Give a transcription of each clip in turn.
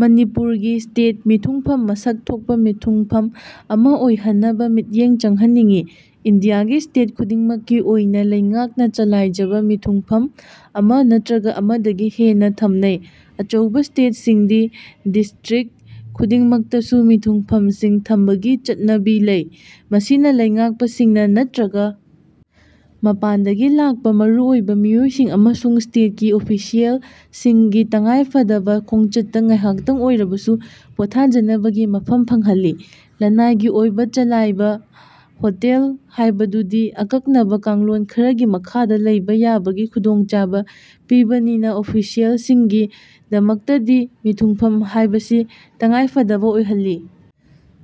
ꯃꯅꯤꯄꯨꯔꯒꯤ ꯁ꯭ꯇꯦꯠ ꯃꯤꯊꯨꯡꯐꯝ ꯃꯁꯛ ꯊꯣꯛꯄ ꯃꯤꯊꯨꯡꯐꯝ ꯑꯃ ꯑꯣꯏꯍꯟꯅꯕ ꯃꯤꯠꯌꯦꯡ ꯆꯡꯍꯟꯅꯤꯡꯏ꯫ ꯏꯟꯗꯤꯌꯥꯒꯤ ꯁ꯭ꯇꯦꯠ ꯈꯨꯗꯤꯡꯃꯛꯀꯤ ꯑꯣꯏꯅ ꯂꯩꯉꯥꯛꯅ ꯆꯂꯥꯏꯖꯕ ꯃꯤꯊꯨꯡꯐꯝ ꯑꯃ ꯅꯠꯇ꯭ꯔꯒ ꯑꯃꯗꯒꯤ ꯍꯦꯅꯅ ꯊꯝꯅꯩ꯫ ꯑꯆꯧꯕ ꯁ꯭ꯇꯦꯠꯁꯤꯡꯗꯤ ꯗꯤꯁ꯭ꯇ꯭ꯔꯤꯛꯠ ꯈꯨꯗꯤꯡꯃꯛꯇꯁꯨ ꯃꯤꯊꯨꯡꯐꯝꯁꯤꯡ ꯊꯝꯕꯒꯤ ꯆꯠꯅꯕꯤ ꯂꯩ꯫ ꯃꯁꯤꯅ ꯂꯩꯉꯥꯛꯄꯁꯤꯡꯅ ꯅꯠꯇ꯭ꯔꯒ ꯃꯄꯥꯟꯗꯒꯤ ꯂꯥꯛꯄ ꯃꯔꯨꯑꯣꯏꯕ ꯃꯤꯑꯣꯏꯁꯤꯡ ꯑꯃꯁꯨꯡ ꯁ꯭ꯇꯦꯠꯀꯤ ꯑꯣꯐꯤꯁꯤꯌꯦꯜꯁꯤꯡꯒꯤ ꯇꯉꯥꯏꯐꯗꯕ ꯈꯣꯡꯆꯠꯇ ꯉꯥꯏꯍꯥꯛꯇꯡ ꯑꯣꯔꯕꯁꯨ ꯄꯣꯊꯥꯖꯅꯕꯒꯤ ꯃꯐꯝ ꯐꯪꯍꯜꯂꯤ꯫ ꯂꯟꯅꯥꯏꯒꯤ ꯑꯣꯏꯅ ꯆꯂꯥꯏꯕ ꯍꯣꯇꯦꯜ ꯍꯥꯏꯕꯗꯨꯗꯤ ꯑꯀꯛꯅꯕ ꯀꯥꯡꯂꯣꯟ ꯈꯔꯒꯤ ꯃꯈꯥꯗ ꯂꯩꯕ ꯌꯥꯕꯒꯤ ꯈꯨꯗꯣꯡꯆꯥꯕ ꯄꯤꯕꯅꯤꯅ ꯑꯣꯐꯤꯁꯤꯌꯦꯜꯁꯤꯡꯒꯤ ꯗꯃꯛꯇꯗꯤ ꯃꯤꯊꯨꯡꯐꯝ ꯍꯥꯏꯕꯁꯤ ꯇꯉꯥꯏꯐꯗꯕ ꯑꯣꯏꯍꯜꯂꯤ꯫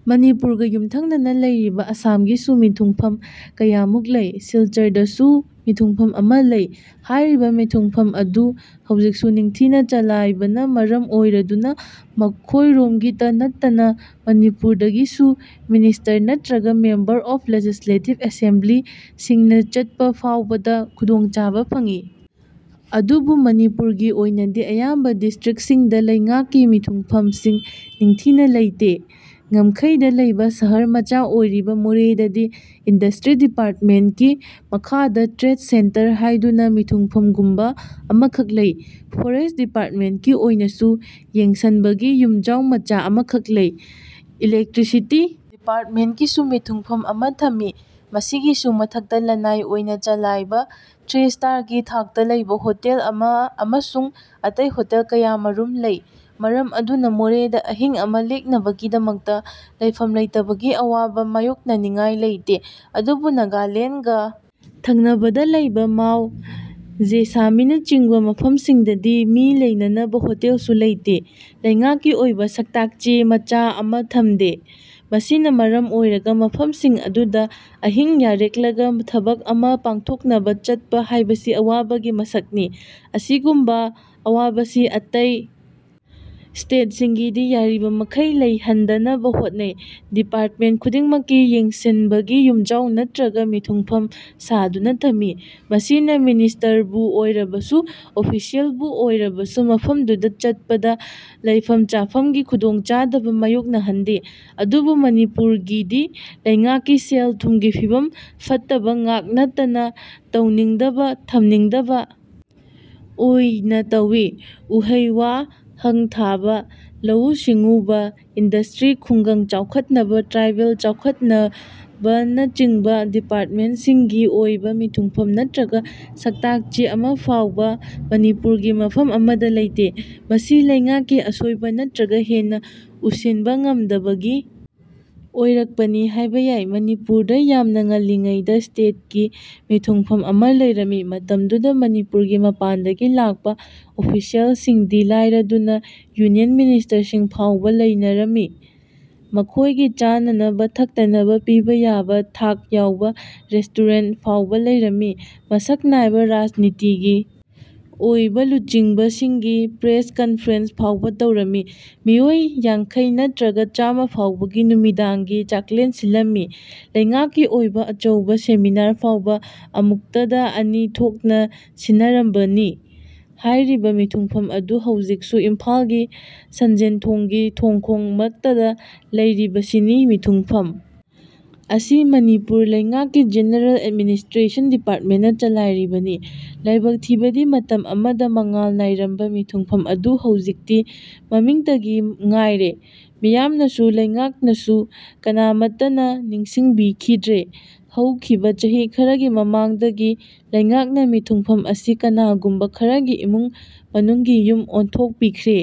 ꯃꯅꯤꯄꯨꯔꯒ ꯌꯨꯝꯊꯡꯅꯅ ꯂꯩꯔꯤꯕ ꯑꯁꯥꯝꯒꯤꯁꯨ ꯃꯤꯊꯨꯡꯐꯝ ꯀꯌꯥꯃꯨꯛ ꯂꯩ꯫ ꯁꯤꯜꯆꯔꯗꯁꯨ ꯃꯤꯊꯨꯡꯐꯝ ꯑꯃ ꯂꯩ꯫ ꯍꯥꯏꯔꯤꯕ ꯃꯤꯊꯨꯡꯐꯝ ꯑꯗꯨ ꯍꯧꯖꯤꯛꯁꯨ ꯅꯤꯡꯊꯤꯅ ꯆꯂꯥꯏꯕꯅ ꯃꯔꯝ ꯑꯣꯏꯔꯗꯨꯅ ꯃꯈꯣꯏꯔꯣꯝꯒꯤꯇ ꯅꯠꯇꯅ ꯃꯅꯤꯄꯨꯔꯗꯒꯤꯁꯨ ꯃꯤꯅꯤꯁ꯭ꯇꯔ ꯅꯠꯇ꯭ꯔꯒ ꯃꯦꯝꯕꯔ ꯑꯣꯐ ꯗ ꯂꯦꯖꯤꯁꯂꯦꯇꯤꯚ ꯑꯦꯁꯦꯝꯕ꯭ꯂꯤꯁꯤꯡꯅ ꯆꯠꯄ ꯐꯥꯎꯕꯗ ꯈꯨꯗꯣꯡꯆꯥꯕ ꯐꯪꯏ꯫ ꯑꯗꯨꯕꯨ ꯃꯅꯤꯄꯨꯔꯒꯤ ꯑꯣꯏꯅꯗꯤ ꯑꯌꯥꯝꯕ ꯗꯤꯁ꯭ꯇ꯭ꯔꯤꯛꯠꯁꯤꯡꯗ ꯂꯩꯉꯥꯛꯀꯤ ꯃꯤꯊꯨꯡꯐꯝꯁꯤꯡ ꯅꯤꯡꯊꯤꯅ ꯂꯩꯇꯦ꯫ ꯉꯝꯈꯩꯗ ꯂꯩꯕ ꯁꯍꯔ ꯃꯆꯥ ꯑꯣꯏꯔꯤꯕ ꯃꯣꯔꯦꯗꯗꯤ ꯏꯟꯗꯁ꯭ꯇ꯭ꯔꯤ ꯗꯤꯄꯥꯔꯠꯃꯦꯟꯠꯀꯤ ꯃꯈꯥꯗ ꯇ꯭ꯔꯦꯗ ꯁꯦꯟꯇꯔ ꯍꯥꯏꯗꯨꯅ ꯃꯤꯊꯨꯡꯐꯝꯒꯨꯝꯕ ꯑꯃꯈꯛ ꯂꯩ꯫ ꯐꯣꯔꯦꯁꯠ ꯗꯤꯄꯥꯔꯠꯃꯦꯟꯠꯀꯤ ꯑꯣꯏꯅꯁꯨ ꯌꯦꯡꯁꯟꯕꯒꯤ ꯌꯨꯝꯖꯥꯎ ꯃꯆꯥ ꯑꯃꯈꯛ ꯂꯩ꯫ ꯏꯂꯦꯛꯇ꯭ꯔꯤꯁꯤꯇꯤ ꯗꯤꯄꯥꯔꯠꯃꯦꯟꯠꯀꯤꯁꯨ ꯃꯤꯊꯨꯡꯐꯝ ꯑꯃ ꯊꯝꯃꯤ꯫ ꯃꯁꯤꯒꯤꯁꯨ ꯃꯊꯛꯇ ꯂꯟꯅꯥꯏ ꯑꯣꯏꯅ ꯆꯂꯥꯏꯕ ꯊ꯭ꯔꯤ ꯁ꯭ꯇꯔꯒꯤ ꯊꯥꯛꯇ ꯂꯩꯕ ꯍꯣꯇꯦꯜ ꯑꯃ ꯑꯃꯁꯨꯡ ꯑꯇꯩ ꯍꯣꯇꯦꯜ ꯀꯌꯥꯃꯔꯨꯝ ꯂꯩ꯫ ꯃꯔꯝ ꯑꯗꯨꯅ ꯃꯣꯔꯦꯗ ꯑꯍꯤꯡ ꯑꯃ ꯂꯦꯛꯅꯕꯒꯤꯗꯃꯛꯇ ꯂꯩꯐꯝ ꯂꯩꯇꯕꯒꯤ ꯑꯋꯥꯕ ꯃꯥꯌꯣꯛꯅꯅꯤꯉꯥꯏ ꯂꯩꯇꯦ꯫ ꯑꯗꯨꯕꯨ ꯅꯥꯒꯥꯂꯦꯟꯗꯒ ꯊꯪꯅꯕꯗ ꯂꯩꯕ ꯃꯥꯎ, ꯖꯦꯁꯥꯃꯤꯅꯆꯤꯡꯕ ꯃꯐꯝꯁꯤꯡꯗꯗꯤ ꯃꯤ ꯂꯩꯅꯅꯕ ꯍꯣꯇꯦꯜꯁꯨ ꯂꯩꯇꯦ, ꯂꯩꯉꯥꯛꯀꯤ ꯑꯣꯏꯕ ꯁꯛꯇꯥꯛ ꯆꯦ ꯃꯆꯥ ꯑꯃ ꯊꯝꯗꯦ꯫ ꯃꯁꯤꯅ ꯃꯔꯝ ꯑꯣꯏꯔꯒ ꯃꯐꯝꯁꯤꯡ ꯑꯗꯨꯗ ꯑꯍꯤꯡ ꯌꯥꯔꯦꯛꯂꯒ ꯊꯕꯛ ꯑꯃ ꯄꯥꯡꯊꯣꯛꯅꯕ ꯆꯠꯄ ꯍꯥꯏꯕꯁꯤ ꯑꯋꯥꯕꯒꯤ ꯃꯁꯛꯅꯤ꯫ ꯑꯁꯤꯒꯨꯝꯕ ꯑꯋꯥꯕꯁꯤ ꯑꯇꯩ ꯁ꯭ꯇꯦꯠꯁꯤꯡꯒꯤꯗꯤ ꯌꯥꯔꯤꯃꯈꯩ ꯂꯩꯍꯟꯗꯅꯕ ꯍꯣꯠꯅꯩ꯫ ꯗꯤꯄꯥꯔꯠꯃꯦꯟꯠ ꯈꯨꯗꯤꯡꯃꯛꯀꯤ ꯌꯦꯡꯁꯟꯕꯒꯤ ꯌꯨꯝꯖꯥꯎ ꯅꯠꯇ꯭ꯔꯒ ꯃꯤꯊꯨꯡꯐꯝ ꯁꯥꯗꯨꯅ ꯊꯝꯃꯤ꯫ ꯃꯁꯤꯅ ꯃꯤꯅꯤꯁ꯭ꯇꯔꯕꯨ ꯑꯣꯏꯔꯕꯁꯨ, ꯑꯣꯐꯤꯁꯤꯌꯦꯜꯕꯨ ꯑꯣꯏꯔꯕꯁꯨ ꯃꯐꯝꯗꯨꯗ ꯆꯠꯄꯗ ꯂꯩꯐꯝ ꯆꯥꯐꯝꯒꯤ ꯈꯨꯗꯣꯡꯆꯥꯗꯕ ꯃꯥꯌꯣꯛꯅꯍꯟꯗꯦ꯫ ꯑꯗꯨꯕꯨ ꯃꯅꯤꯄꯨꯔꯒꯤꯗꯤ ꯂꯩꯉꯥꯛꯀꯤ ꯁꯦꯜ ꯊꯨꯝꯒꯤ ꯐꯤꯚꯝ ꯐꯠꯇꯕꯉꯥꯛ ꯅꯠꯇꯅ ꯇꯧꯅꯤꯡꯗꯕ, ꯊꯝꯅꯤꯡꯗꯕ ꯑꯣꯏꯅ ꯇꯧꯏ꯫ ꯎ ꯍꯩ ꯋꯥ ꯍꯪ ꯊꯥꯕ, ꯂꯧꯎ ꯁꯤꯡꯎꯕ, ꯏꯟꯗꯁ꯭ꯇ꯭ꯔꯤ, ꯈꯨꯡꯒꯪ ꯆꯥꯎꯈꯠꯅꯕ, ꯇ꯭ꯔꯥꯏꯕꯦꯜ ꯆꯥꯎꯈꯠꯅꯕꯅꯆꯤꯡꯕ ꯗꯤꯄꯥꯔꯠꯃꯦꯟꯠꯁꯤꯡꯒꯤ ꯑꯣꯏꯕ ꯃꯤꯊꯨꯡꯐꯝ ꯅꯠꯇ꯭ꯔꯒ ꯁꯛꯇꯥꯛ ꯆꯦ ꯑꯃꯐꯥꯎꯕ ꯃꯅꯤꯄꯨꯔꯒꯤ ꯃꯐꯝ ꯑꯃꯗ ꯂꯩꯇꯦ꯫ ꯃꯁꯤ ꯂꯩꯉꯥꯛꯀꯤ ꯑꯁꯣꯏꯕ ꯅꯠꯇ꯭ꯔꯒ ꯍꯦꯟꯅ ꯎꯁꯤꯟꯕ ꯉꯝꯗꯕꯗꯒꯤ ꯑꯣꯏꯔꯛꯄꯅꯤ ꯍꯥꯏꯕ ꯌꯥꯏ꯫ ꯃꯅꯤꯄꯨꯔꯗ ꯌꯥꯝꯅ ꯉꯜꯂꯤꯉꯩꯗ ꯁ꯭ꯇꯦꯠꯀꯤ ꯃꯤꯊꯨꯡꯐꯝ ꯑꯃ ꯂꯩꯔꯝꯃꯤ꯫ ꯃꯇꯝꯗꯨꯗ ꯃꯅꯤꯄꯨꯔꯒꯤ ꯃꯄꯥꯟꯗꯒꯤ ꯂꯥꯛꯄ ꯑꯣꯐꯤꯁꯤꯌꯦꯜꯁꯤꯡꯗꯤ ꯂꯥꯏꯔꯗꯨꯅ ꯌꯨꯅꯤꯌꯟ ꯃꯤꯅꯤꯁ꯭ꯔꯁꯤꯡ ꯐꯥꯎꯕ ꯂꯩꯅꯔꯝꯃꯤ꯫ ꯃꯈꯣꯏꯒꯤ ꯆꯥꯅꯅꯕ ꯊꯛꯅꯅꯕ ꯄꯤꯕ ꯌꯥꯕ ꯊꯥꯛ ꯌꯥꯎꯕ ꯔꯦꯁ꯭ꯇꯨꯔꯦꯟꯠ ꯐꯥꯎꯕ ꯂꯩꯔꯝꯃꯤ꯫ ꯃꯁꯛ ꯅꯥꯏꯕ ꯔꯥꯖꯅꯤꯇꯤꯒꯤ ꯑꯣꯏꯕ ꯂꯨꯆꯤꯡꯕꯁꯤꯡꯒꯤ ꯄ꯭ꯔꯦꯁ ꯀꯟꯐꯔꯦꯟꯁ ꯐꯥꯎꯕ ꯇꯧꯔꯝꯃꯤ꯫ ꯃꯤꯑꯣꯏ ꯌꯥꯡꯈꯩ ꯅꯠꯇ꯭ꯔꯒ ꯆꯥꯃ ꯐꯥꯎꯕꯒꯤ ꯅꯨꯃꯤꯗꯥꯡꯒꯤ ꯆꯥꯛꯂꯦꯟ ꯁꯤꯜꯂꯝꯃꯤ꯫ ꯂꯩꯉꯥꯛꯀꯤ ꯑꯣꯏꯕ ꯑꯆꯧꯕ ꯁꯦꯃꯤꯅꯥꯔ ꯐꯥꯎꯕ ꯑꯃꯨꯛꯇꯗ ꯑꯅꯤ ꯊꯣꯛꯅ ꯁꯤꯟꯅꯔꯝꯕꯅꯤ꯫ ꯍꯥꯏꯔꯤꯕ ꯃꯤꯊꯨꯡꯐꯝ ꯑꯗꯨ ꯍꯧꯖꯤꯛꯁꯨ ꯏꯝꯐꯥꯜꯒꯤ ꯁꯟꯖꯦꯟꯊꯣꯡꯒꯤ ꯊꯣꯡꯈꯣꯡ ꯃꯛꯇꯗ ꯂꯩꯔꯤꯕꯁꯤꯅꯤ꯫ ꯃꯤꯊꯨꯡꯐꯝ ꯑꯁꯤ ꯃꯅꯤꯄꯨꯔ ꯂꯩꯉꯥꯛꯀꯤ ꯖꯦꯅꯦꯔꯦꯜ ꯑꯦꯗꯃꯤꯅꯤꯁꯇ꯭ꯔꯦꯁꯟ ꯗꯤꯄꯥꯔꯠꯃꯦꯟꯠꯅ ꯆꯂꯥꯏꯔꯤꯕꯅꯤ꯫ ꯂꯥꯏꯕꯛ ꯊꯤꯕꯗꯤ ꯃꯇꯝ ꯑꯃꯗ ꯃꯉꯥꯜ ꯅꯥꯏꯔꯝꯕ ꯃꯤꯊꯨꯡꯐꯝ ꯑꯗꯨ ꯍꯧꯖꯤꯛꯇꯤ ꯃꯃꯤꯡꯇꯒꯤ ꯉꯥꯏꯔꯦ꯫ ꯃꯤꯌꯥꯝꯅꯁꯨ, ꯂꯩꯉꯥꯛꯅꯁꯨ ꯀꯅꯥꯃꯠꯇꯅ ꯅꯤꯡꯁꯤꯡꯕꯤꯈꯤꯗ꯭ꯔꯦ꯫ ꯍꯧꯈꯤꯕ ꯆꯍꯤ ꯈꯔꯒꯤ ꯃꯃꯥꯡꯗꯒꯤ ꯂꯩꯉꯥꯛꯅ ꯃꯤꯊꯨꯡꯐꯝ ꯑꯁꯤ ꯀꯅꯥꯒꯨꯝꯕ ꯈꯔꯒꯤ ꯏꯃꯨꯡ ꯃꯅꯨꯡꯒꯤ ꯌꯨꯝ ꯑꯣꯟꯊꯣꯛꯄꯤꯈ꯭ꯔꯦ꯫